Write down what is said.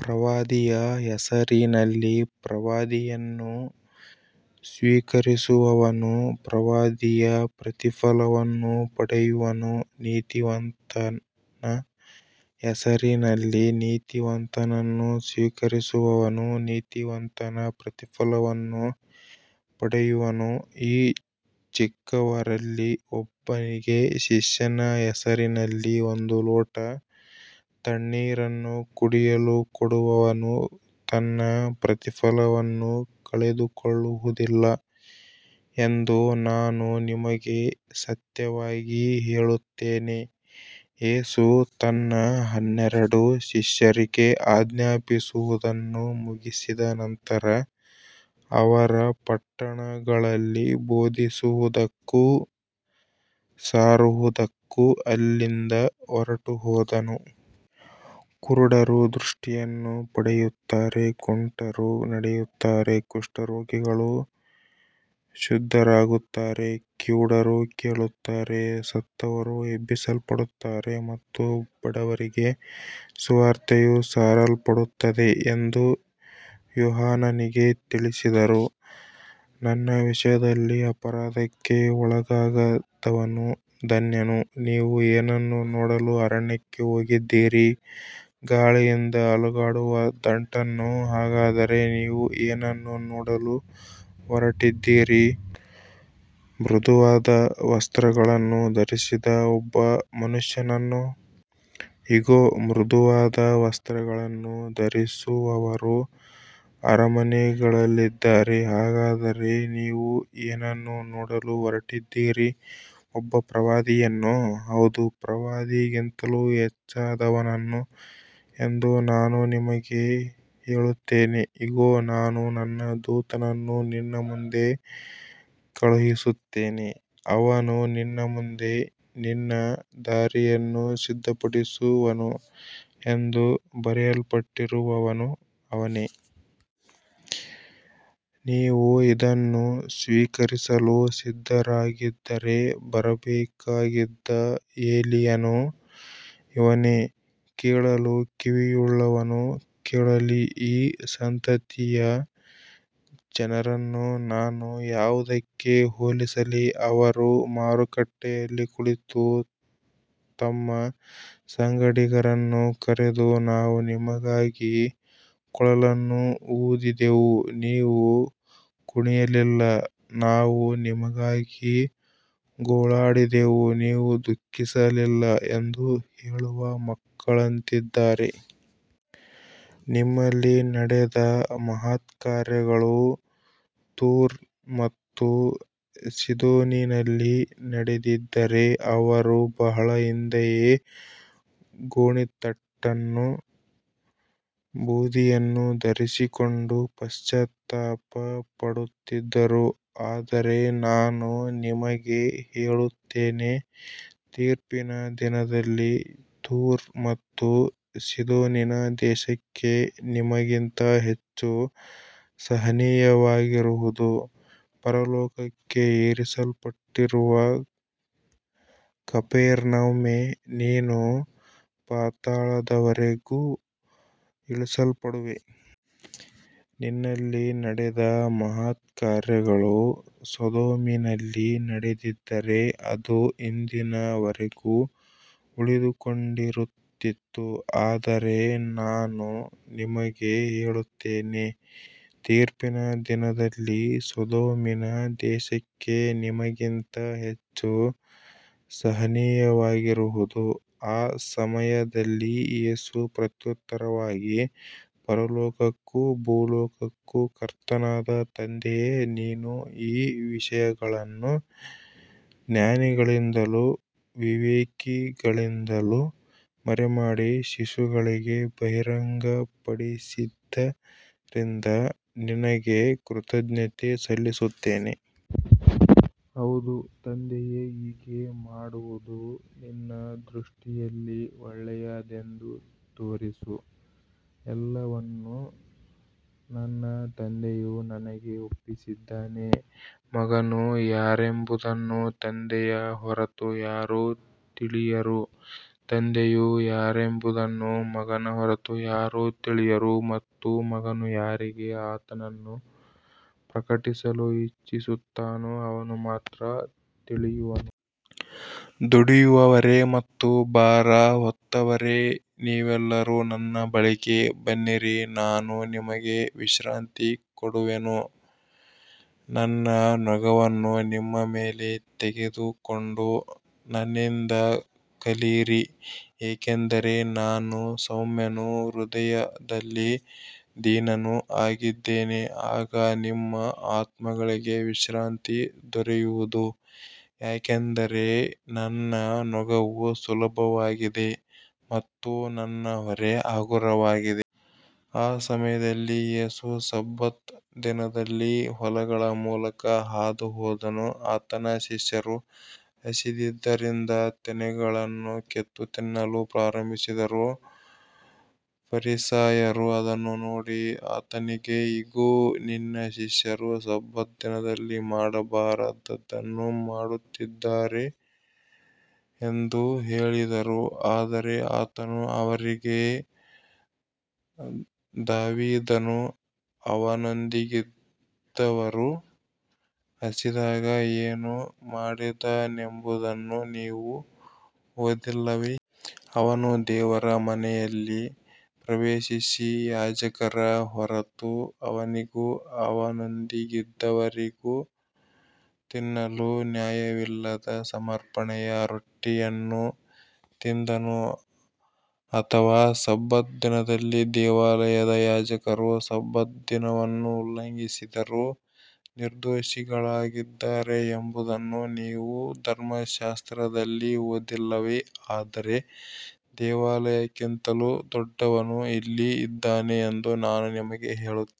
ಪ್ರವಾದಿಯ ಹೆಸರಿನಲ್ಲಿ ಪ್ರವಾದಿಯನ್ನು ಸ್ವೀಕರಿಸುವವನು ಪ್ರವಾದಿಯ ಪ್ರತಿಫಲವನ್ನು ಪಡೆಯುವನು, ನೀತಿವಂತನ ಹೆಸರಿನಲ್ಲಿ ನೀತಿವಂತನನ್ನು ಸ್ವೀಕರಿಸುವವನು ನೀತಿವಂತನ ಪ್ರತಿಫಲವನ್ನು ಪಡೆಯುವನು. ಈ ಚಿಕ್ಕವರಲ್ಲಿ ಒಬ್ಬನಿಗೆ ಶಿಷ್ಯನ ಹೆಸರಿನಲ್ಲಿ ಒಂದು ಲೋಟ ತಣ್ಣೀರನ್ನು ಕುಡಿಯಲು ಕೊಡುವವನು ತನ್ನ ಪ್ರತಿಫಲವನ್ನು ಕಳೆದುಕೊಳ್ಳುವುದಿಲ್ಲ ಎಂದು ನಾನು ನಿಮಗೆ ಸತ್ಯವಾಗಿ ಹೇಳುತ್ತೇನೆ. ಯೇಸು ತನ್ನ ಹನ್ನೆರಡು ಶಿಷ್ಯರಿಗೆ ಆಜ್ಞಾಪಿಸುವುದನ್ನು ಮುಗಿಸಿದ ನಂತರ, ಅವರ ಪಟ್ಟಣಗಳಲ್ಲಿ ಬೋಧಿಸುವುದಕ್ಕೂ ಸಾರುವುದಕ್ಕೂ ಅಲ್ಲಿಂದ ಹೊರಟುಹೋದನು. ಕುರುಡರು ದೃಷ್ಟಿಯನ್ನು ಪಡೆಯುತ್ತಾರೆ, ಕುಂಟರು ನಡೆಯುತ್ತಾರೆ, ಕುಷ್ಠರೋಗಿಗಳು ಶುದ್ಧರಾಗುತ್ತಾರೆ, ಕಿವುಡರು ಕೇಳುತ್ತಾರೆ, ಸತ್ತವರು ಎಬ್ಬಿಸಲ್ಪಡುತ್ತಾರೆ ಮತ್ತು ಬಡವರಿಗೆ ಸುವಾರ್ತೆಯು ಸಾರಲ್ಪಡುತ್ತದೆ ಎಂದು ಯೋಹಾನನಿಗೆ ತಿಳಿಸಿದರು. ನನ್ನ ವಿಷಯದಲ್ಲಿ ಅಪರಾಧಕ್ಕೆ ಒಳಗಾಗದವನು ಧನ್ಯನು. ನೀವು ಏನನ್ನು ನೋಡಲು ಅರಣ್ಯಕ್ಕೆ ಹೋಗಿದ್ದೀರಿ, ಗಾಳಿಯಿಂದ ಅಲುಗಾಡುವ ದಂಟನ್ನೋ? ಹಾಗಾದರೆ ನೀವು ಏನನ್ನು ನೋಡಲು ಹೊರಟಿದ್ದೀರಿ, ಮೃದುವಾದ ವಸ್ತ್ರಗಳನ್ನು ಧರಿಸಿದ ಒಬ್ಬ ಮನುಷ್ಯನನ್ನೋ? ಇಗೋ, ಮೃದುವಾದ ವಸ್ತ್ರಗಳನ್ನು ಧರಿಸುವವರು ಅರಮನೆಗಳಲ್ಲಿದ್ದಾರೆ. ಹಾಗಾದರೆ ನೀವು ಏನನ್ನು ನೋಡಲು ಹೊರಟಿದ್ದೀರಿ, ಒಬ್ಬ ಪ್ರವಾದಿಯನ್ನೋ? ಹೌದು, ಪ್ರವಾದಿಗಿಂತಲೂ ಹೆಚ್ಚಾದವನನ್ನು ಎಂದು ನಾನು ನಿಮಗೆ ಹೇಳುತ್ತೇನೆ. ಇಗೋ, ನಾನು ನನ್ನ ದೂತನನ್ನು ನಿನ್ನ ಮುಂದೆ ಕಳುಹಿಸುತ್ತೇನೆ, ಅವನು ನಿನ್ನ ಮುಂದೆ ನಿನ್ನ ದಾರಿಯನ್ನು ಸಿದ್ಧಪಡಿಸುವನು ಎಂದು ಬರೆಯಲ್ಪಟ್ಟಿರುವವನು ಅವನೇ. ನೀವು ಇದನ್ನು ಸ್ವೀಕರಿಸಲು ಸಿದ್ಧರಾಗಿದ್ದರೆ, ಬರಬೇಕಾಗಿದ್ದ ಎಲೀಯನು ಇವನೇ. ಕೇಳಲು ಕಿವಿಯುಳ್ಳವನು ಕೇಳಲಿ. ಈ ಸಂತತಿಯ ಜನರನ್ನು ನಾನು ಯಾವುದಕ್ಕೆ ಹೋಲಿಸಲಿ? ಅವರು ಮಾರುಕಟ್ಟೆಯಲ್ಲಿ ಕುಳಿತು ತಮ್ಮ ಸಂಗಡಿಗರನ್ನು ಕರೆದು, ನಾವು ನಿಮಗಾಗಿ ಕೊಳಲನ್ನು ಊದಿದೆವು, ನೀವು ಕುಣಿಯಲಿಲ್ಲ. ನಾವು ನಿಮಗಾಗಿ ಗೋಳಾಡಿದೆವು, ನೀವು ದುಃಖಿಸಲಿಲ್ಲ ಎಂದು ಹೇಳುವ ಮಕ್ಕಳಂತಿದ್ದಾರೆ. ನಿಮ್ಮಲ್ಲಿ ನಡೆದ ಮಹತ್ಕಾರ್ಯಗಳು ತೂರ್ ಮತ್ತು ಸೀದೋನಿನಲ್ಲಿ ನಡೆದಿದ್ದರೆ, ಅವರು ಬಹಳ ಹಿಂದೆಯೇ ಗೋಣಿತಟ್ಟನ್ನೂ ಬೂದಿಯನ್ನೂ ಧರಿಸಿಕೊಂಡು ಪಶ್ಚಾತ್ತಾಪಪಡುತ್ತಿದ್ದರು. ಆದರೆ ನಾನು ನಿಮಗೆ ಹೇಳುತ್ತೇನೆ, ತೀರ್ಪಿನ ದಿನದಲ್ಲಿ ತೂರ್ ಮತ್ತು ಸೀದೋನಿನ ದೇಶಕ್ಕೆ ನಿಮಗಿಂತ ಹೆಚ್ಚು ಸಹನೀಯವಾಗಿರುವುದು. ಪರಲೋಕಕ್ಕೆ ಏರಿಸಲ್ಪಟ್ಟಿರುವ ಕಪೆರ್ನೌಮೇ, ನೀನು ಪಾತಾಳದವರೆಗೂ ಇಳಿಸಲ್ಪಡುವೆ. ನಿನ್ನಲ್ಲಿ ನಡೆದ ಮಹತ್ಕಾರ್ಯಗಳು ಸೊದೋಮಿನಲ್ಲಿ ನಡೆದಿದ್ದರೆ, ಅದು ಇಂದಿನವರೆಗೂ ಉಳಿದುಕೊಂಡಿರುತ್ತಿತ್ತು. ಆದರೆ ನಾನು ನಿಮಗೆ ಹೇಳುತ್ತೇನೆ, ತೀರ್ಪಿನ ದಿನದಲ್ಲಿ ಸೊದೋಮಿನ ದೇಶಕ್ಕೆ ನಿಮಗಿಂತ ಹೆಚ್ಚು ಸಹನೀಯವಾಗಿರುವುದು. ಆ ಸಮಯದಲ್ಲಿ ಯೇಸು ಪ್ರತ್ಯುತ್ತರವಾಗಿ, ಪರಲೋಕಕ್ಕೂ ಭೂಲೋಕಕ್ಕೂ ಕರ್ತನಾದ ತಂದೆಯೇ, ನೀನು ಈ ವಿಷಯಗಳನ್ನು ಜ್ಞಾನಿಗಳಿಂದಲೂ ವಿವೇಕಿಗಳಿಂದಲೂ ಮರೆಮಾಡಿ, ಶಿಶುಗಳಿಗೆ ಬಹಿರಂಗಪಡಿಸಿದ್ದರಿಂದ ನಿನಗೆ ಕೃತಜ್ಞತೆ ಸಲ್ಲಿಸುತ್ತೇನೆ. ಹೌದು, ತಂದೆಯೇ, ಹೀಗೆ ಮಾಡುವುದು ನಿನ್ನ ದೃಷ್ಟಿಯಲ್ಲಿ ಒಳ್ಳೆಯದೆಂದು ತೋರಿತು. ಎಲ್ಲವನ್ನೂ ನನ್ನ ತಂದೆಯು ನನಗೆ ಒಪ್ಪಿಸಿದ್ದಾನೆ. ಮಗನು ಯಾರೆಂಬುದನ್ನು ತಂದೆಯ ಹೊರತು ಯಾರೂ ತಿಳಿಯರು. ತಂದೆಯು ಯಾರೆಂಬುದನ್ನು ಮಗನ ಹೊರತು ಯಾರೂ ತಿಳಿಯರು ಮತ್ತು ಮಗನು ಯಾರಿಗೆ ಆತನನ್ನು ಪ್ರಕಟಿಸಲು ಇಚ್ಛಿಸುತ್ತಾನೋ ಅವನು ಮಾತ್ರ ತಿಳಿಯುವನು. ದುಡಿಯುವವರೇ ಮತ್ತು ಭಾರ ಹೊತ್ತವರೇ, ನೀವೆಲ್ಲರೂ ನನ್ನ ಬಳಿಗೆ ಬನ್ನಿರಿ, ನಾನು ನಿಮಗೆ ವಿಶ್ರಾಂತಿ ಕೊಡುವೆನು. ನನ್ನ ನೊಗವನ್ನು ನಿಮ್ಮ ಮೇಲೆ ತೆಗೆದುಕೊಂಡು ನನ್ನಿಂದ ಕಲಿಯಿರಿ, ಏಕೆಂದರೆ ನಾನು ಸೌಮ್ಯನೂ ಹೃದಯದಲ್ಲಿ ದೀನನೂ ಆಗಿದ್ದೇನೆ. ಆಗ ನಿಮ್ಮ ಆತ್ಮಗಳಿಗೆ ವಿಶ್ರಾಂತಿ ದೊರೆಯುವುದು. ಯಾಕಂದರೆ ನನ್ನ ನೊಗವು ಸುಲಭವಾಗಿದೆ ಮತ್ತು ನನ್ನ ಹೊರೆ ಹಗುರವಾಗಿದೆ. ಆ ಸಮಯದಲ್ಲಿ ಯೇಸು ಸಬ್ಬತ್ ದಿನದಲ್ಲಿ ಹೊಲಗಳ ಮೂಲಕ ಹಾದುಹೋದನು. ಆತನ ಶಿಷ್ಯರು ಹಸಿದಿದ್ದರಿಂದ ತೆನೆಗಳನ್ನು ಕಿತ್ತು ತಿನ್ನಲು ಪ್ರಾರಂಭಿಸಿದರು. ಫರಿಸಾಯರು ಅದನ್ನು ನೋಡಿ ಆತನಿಗೆ, ಇಗೋ, ನಿನ್ನ ಶಿಷ್ಯರು ಸಬ್ಬತ್ ದಿನದಲ್ಲಿ ಮಾಡಬಾರದದ್ದನ್ನು ಮಾಡುತ್ತಿದ್ದಾರೆ ಎಂದು ಹೇಳಿದರು. ಆದರೆ ಆತನು ಅವರಿಗೆ, ದಾವೀದನೂ ಅವನೊಂದಿಗಿದ್ದವರೂ ಹಸಿದಾಗ ಏನು ಮಾಡಿದನೆಂಬುದನ್ನು ನೀವು ಓದಲಿಲ್ಲವೇ? ಅವನು ದೇವರ ಮನೆಯಲ್ಲಿ ಪ್ರವೇಶಿಸಿ, ಯಾಜಕರ ಹೊರತು ಅವನಿಗೂ ಅವನೊಂದಿಗಿದ್ದವರಿಗೂ ತಿನ್ನಲು ನ್ಯಾಯವಿಲ್ಲದ ಸಮರ್ಪಣೆಯ ರೊಟ್ಟಿಯನ್ನು ತಿಂದನು. ಅಥವಾ ಸಬ್ಬತ್ ದಿನದಲ್ಲಿ ದೇವಾಲಯದ ಯಾಜಕರು ಸಬ್ಬತ್ ದಿನವನ್ನು ಉಲ್ಲಂಘಿಸಿದರೂ ನಿರ್ದೋಷಿಗಳಾಗಿದ್ದಾರೆ ಎಂಬುದನ್ನು ನೀವು ಧರ್ಮಶಾಸ್ತ್ರದಲ್ಲಿ ಓದಲಿಲ್ಲವೇ? ಆದರೆ ದೇವಾಲಯಕ್ಕಿಂತಲೂ ದೊಡ್ಡವನು ಇಲ್ಲಿ ಇದ್ದಾನೆ ಎಂದು ನಾನು ನಿಮಗೆ ಹೇಳುತ್ತೇನೆ.